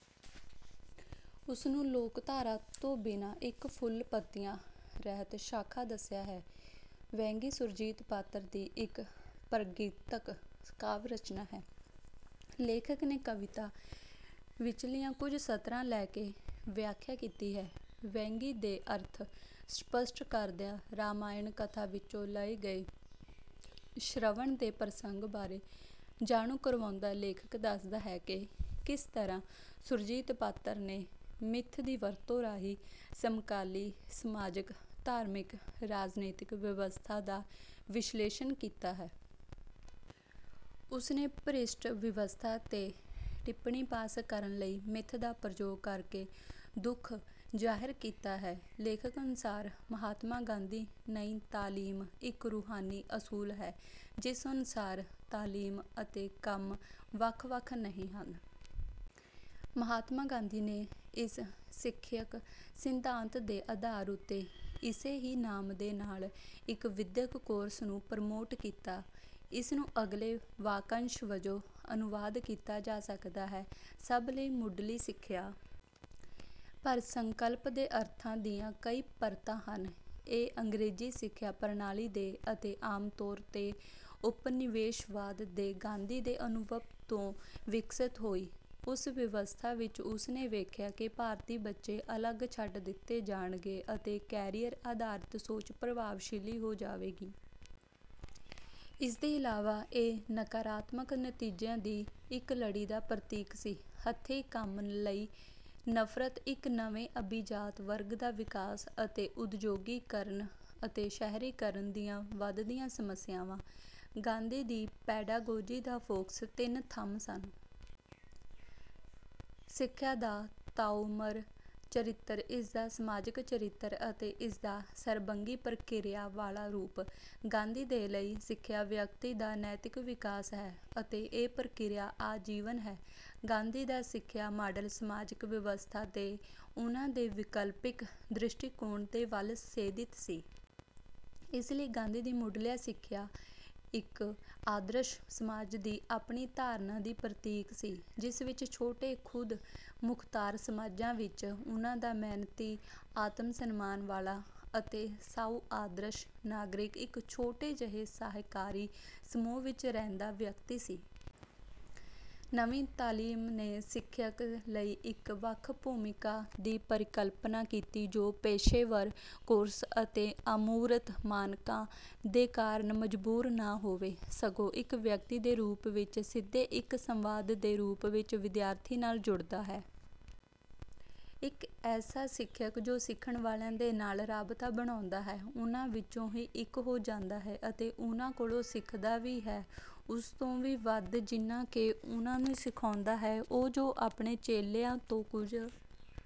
ਉਸਨੂੰ ਲੋਕਧਾਰਾ ਤੋਂ ਬਿਨਾਂ ਇੱਕ ਫੁੱਲ ਪੱਤੀਆਂ ਰਹਿਤ ਸ਼ਾਖਾ ਦੱਸਿਆ ਹੈ। ਵਹਿੰਗੀ ਸੁਰਜੀਤ ਪਾਤਰ ਦੀ ਇੱਕ ਪ੍ਰਗੀਤਕ ਕਾਵਿ ਰਚਨਾ ਹੈ। ਲੇਖਕ ਨੇ ਕਵਿਤਾ ਵਿੱਚਲੀਆਂ ਕੁਝ ਸਤਰਾਂ ਲੈਕੇ ਵਿਆਖਿਆ ਕੀਤੀ ਹੈ। ਵਹਿੰਗੀ ਦੇ ਅਰਥ ਸਪੱਸ਼ਟ ਕਰਦਿਆਂ ਰਾਮਾਇਣ ਕਥਾ ਵਿੱਚੋਂ ਲਏ ਗਏ ਸ਼੍ਰਵਣ ਦੇ ਪ੍ਰਸੰਗ ਬਾਰੇ ਜਾਣੂ ਕਰਵਾਉਂਦਾ ਲੇਖਕ ਦੱਸਦਾ ਹੈ ਕਿ ਕਿਸ ਤਰ੍ਹਾਂ ਸੁਰਜੀਤ ਪਾਤਰ ਨੇ ਮਿੱਥ ਦੀ ਵਰਤੋਂ ਰਾਹੀਂ ਸਮਕਾਲੀ ਸਮਾਜਕ ਧਾਰਮਿਕ ਰਾਜਨੀਤਕ ਵਿਵਸਥਾ ਦਾ ਵਿਸ਼ਲੇਸ਼ਣ ਕੀਤਾ ਹੈ। ਉਸਨੇ ਭ੍ਰਿਸ਼ਟ ਵਿਵਸਥਾ ਤੇ ਟਿੱਪਣੀ ਪਾਸ ਕਰਨ ਲਈ ਮਿੱਥ ਦਾ ਪ੍ਰਯੋਗ ਕਰਕੇ ਦੁੱਖ ਜ਼ਾਹਿਰ ਕੀਤਾ ਹੈ। ਲੇਖਕ ਅਨੁਸਾਰ ਮਹਾਤਮਾ ਗਾਂਧੀ ਨਈ ਤਾਲੀਮ ਇੱਕ ਰੂਹਾਨੀ ਅਸੂਲ ਹੈ ਜਿਸ ਅਨੁਸਾਰ ਤਾਲੀਮ ਅਤੇ ਕੰਮ ਵੱਖ ਵੱਖ ਨਹੀਂ ਹਨ। ਮਹਾਤਮਾ ਗਾਂਧੀ ਨੇ ਇਸ ਸਿੱਖਿਅਕ ਸਿੱਧਾਂਤ ਦੇ ਆਧਾਰ ਉੱਤੇ ਇਸੇ ਹੀ ਨਾਮ ਦੇ ਨਾਲ ਇੱਕ ਵਿਦਿਅਕ ਕੋਰਸ ਨੂੰ ਪ੍ਰਮੋਟ ਕੀਤਾ। ਇਸ ਨੂੰ ਅਗਲੇ ਵਾਕੰਸ਼ ਵਜੋਂ ਅਨੁਵਾਦ ਕੀਤਾ ਜਾ ਸਕਦਾ ਹੈ ਸਭ ਲਈ ਮੁੱਢਲੀ ਸਿੱਖਿਆ। ਪਰ ਸੰਕਲਪ ਦੇ ਅਰਥਾਂ ਦੀਆਂ ਕਈ ਪਰਤਾਂ ਹਨ। ਇਹ ਅੰਗਰੇਜ਼ੀ ਸਿੱਖਿਆ ਪ੍ਰਣਾਲੀ ਦੇ ਅਤੇ ਆਮ ਤੌਰ ਤੇ ਉਪਨਿਵੇਸ਼ਵਾਦ ਦੇ ਗਾਂਧੀ ਦੇ ਅਨੁਭਵ ਤੋਂ ਵਿਕਸਿਤ ਹੋਈ। ਉਸ ਵਿਵਸਥਾ ਵਿੱਚ ਉਸ ਨੇ ਵੇਖਿਆ ਕਿ ਭਾਰਤੀ ਬੱਚੇ ਅਲੱਗ ਛੱਡ ਦਿੱਤੇ ਜਾਣਗੇ ਅਤੇ ਕੈਰੀਅਰ ਆਧਾਰਿਤ ਸੋਚ ਪ੍ਰਭਾਵਸ਼ਾਲੀ ਹੋ ਜਾਵੇਗੀ। ਇਸਦੇ ਇਲਾਵਾ ਇਹ ਨਕਾਰਾਤਮਕ ਨਤੀਜਿਆਂ ਦੀ ਇੱਕ ਲੜੀ ਦਾ ਪ੍ਰਤੀਕ ਸੀ। ਹੱਥੀਂ ਕੰਮ ਲਈ ਨਫ਼ਰਤ ਇੱਕ ਨਵੇਂ ਅਭਿਜਾਤ ਵਰਗ ਦਾ ਵਿਕਾਸ ਅਤੇ ਉਦਯੋਗੀਕਰਨ ਅਤੇ ਸ਼ਹਰੀਕਰਨ ਦੀਆਂ ਵੱਧਦੀਆਂ ਸਮਸਿਆਵਾਂ। ਗਾਂਧੀ ਦੀ ਪੈਡਾਗੋਜੀ ਦਾ ਫੋਕਸ ਤਿੰਨ ਥੰਮ ਸਨ। ਸਿੱਖਿਆ ਦਾ ਤਾਉਮਰ ਚਰਿੱਤਰ ਇਸਦਾ ਸਮਾਜਕ ਚਰਿੱਤਰ ਅਤੇ ਇਸਦਾ ਸਰਬੰਗੀ ਪ੍ਰਕਿਰਿਆ ਵਾਲਾ ਰੂਪ। ਗਾਂਧੀ ਦੇ ਲਈ ਸਿੱਖਿਆ ਵਿਅਕਤੀ ਦਾ ਨੈਤਿਕ ਵਿਕਾਸ ਹੈ ਅਤੇ ਇਹ ਪ੍ਰਕਿਰਿਆ ਆਜੀਵਨ ਹੈ। ਗਾਂਧੀ ਦਾ ਸਿੱਖਿਆ ਮਾਡਲ ਸਮਾਜਕ ਵਿਵਸਥਾ ਦੇ ਉਨ੍ਹਾਂ ਦੇ ਵਿਕਲਪਿਕ ਦ੍ਰਿਸ਼ਟੀਕੋਣ ਦੇ ਵੱਲ ਸੇਧਿਤ ਸੀ। ਇਸ ਲਈ ਗਾਂਧੀ ਦੀ ਮੁੱਢਲੀ ਸਿੱਖਿਆ ਇੱਕ ਆਦਰਸ਼ ਸਮਾਜ ਦੀ ਆਪਣੀ ਧਾਰਨਾ ਦੀ ਪ੍ਰਤੀਕ ਸੀ ਜਿਸ ਵਿੱਚ ਛੋਟੇ ਖੁਦ ਮੁਖਤਾਰ ਸਮਾਜਾਂ ਵਿੱਚ ਉਨ੍ਹਾਂ ਦਾ ਮਿਹਨਤੀ ਆਤਮ ਸਨਮਾਨ ਵਾਲਾ ਅਤੇ ਸਾਊ ਆਦਰਸ਼ ਨਾਗਰਿਕ ਇੱਕ ਛੋਟੇ ਜਿਹੇ ਸਹਿਕਾਰੀ ਸਮੂਹ ਵਿੱਚ ਰਹਿੰਦਾ ਵਿਅਕਤੀ ਸੀ। ਨਵੀਂ ਤਾਲੀਮ ਨੇ ਸਿਖਿਅਕ ਲਈ ਇੱਕ ਵੱਖ ਭੂਮਿਕਾ ਦੀ ਪਰਿਕਲਪਨਾ ਕੀਤੀ ਜੋ ਪੇਸ਼ੇਵਰ ਕੋਰਸ ਅਤੇ ਅਮੂਰਤ ਮਾਨਕਾਂ ਦੇ ਕਾਰਨ ਮਜ਼ਬੂਰ ਨਾ ਹੋਵੇ ਸਗੋਂ ਇੱਕ ਵਿਅਕਤੀ ਦੇ ਰੂਪ ਵਿੱਚ ਸਿੱਧੇ ਇੱਕ ਸੰਵਾਦ ਦੇ ਰੂਪ ਵਿੱਚ ਵਿਦਿਆਰਥੀ ਨਾਲ ਜੁੜਦਾ ਹੈ। ਇੱਕ ਐਸਾ ਸਿਖਿਅਕ ਜੋ ਸਿਖਣ ਵਾਲਿਆਂ ਦੇ ਨਾਲ ਰਾਬਤਾ ਬਣਾਉਂਦਾ ਹੈ ਉਨ੍ਹਾਂ ਵਿੱਚੋਂ ਹੀ ਇੱਕ ਹੋ ਜਾਂਦਾ ਹੈ ਅਤੇ ਉਨ੍ਹਾਂ ਕੋਲੋਂ ਸਿੱਖਦਾ ਵੀ ਹੈ ਉਸ ਤੋਂ ਵੀ ਵੱਧ ਜਿੰਨਾ ਕਿ ਉਨ੍ਹਾਂ ਨੂੰ ਸਿਖਾਉਂਦਾ ਹੈ। ਉਹ ਜੋ ਆਪਣੇ ਚੇਲਿਆਂ ਤੋਂ ਕੁੱਝ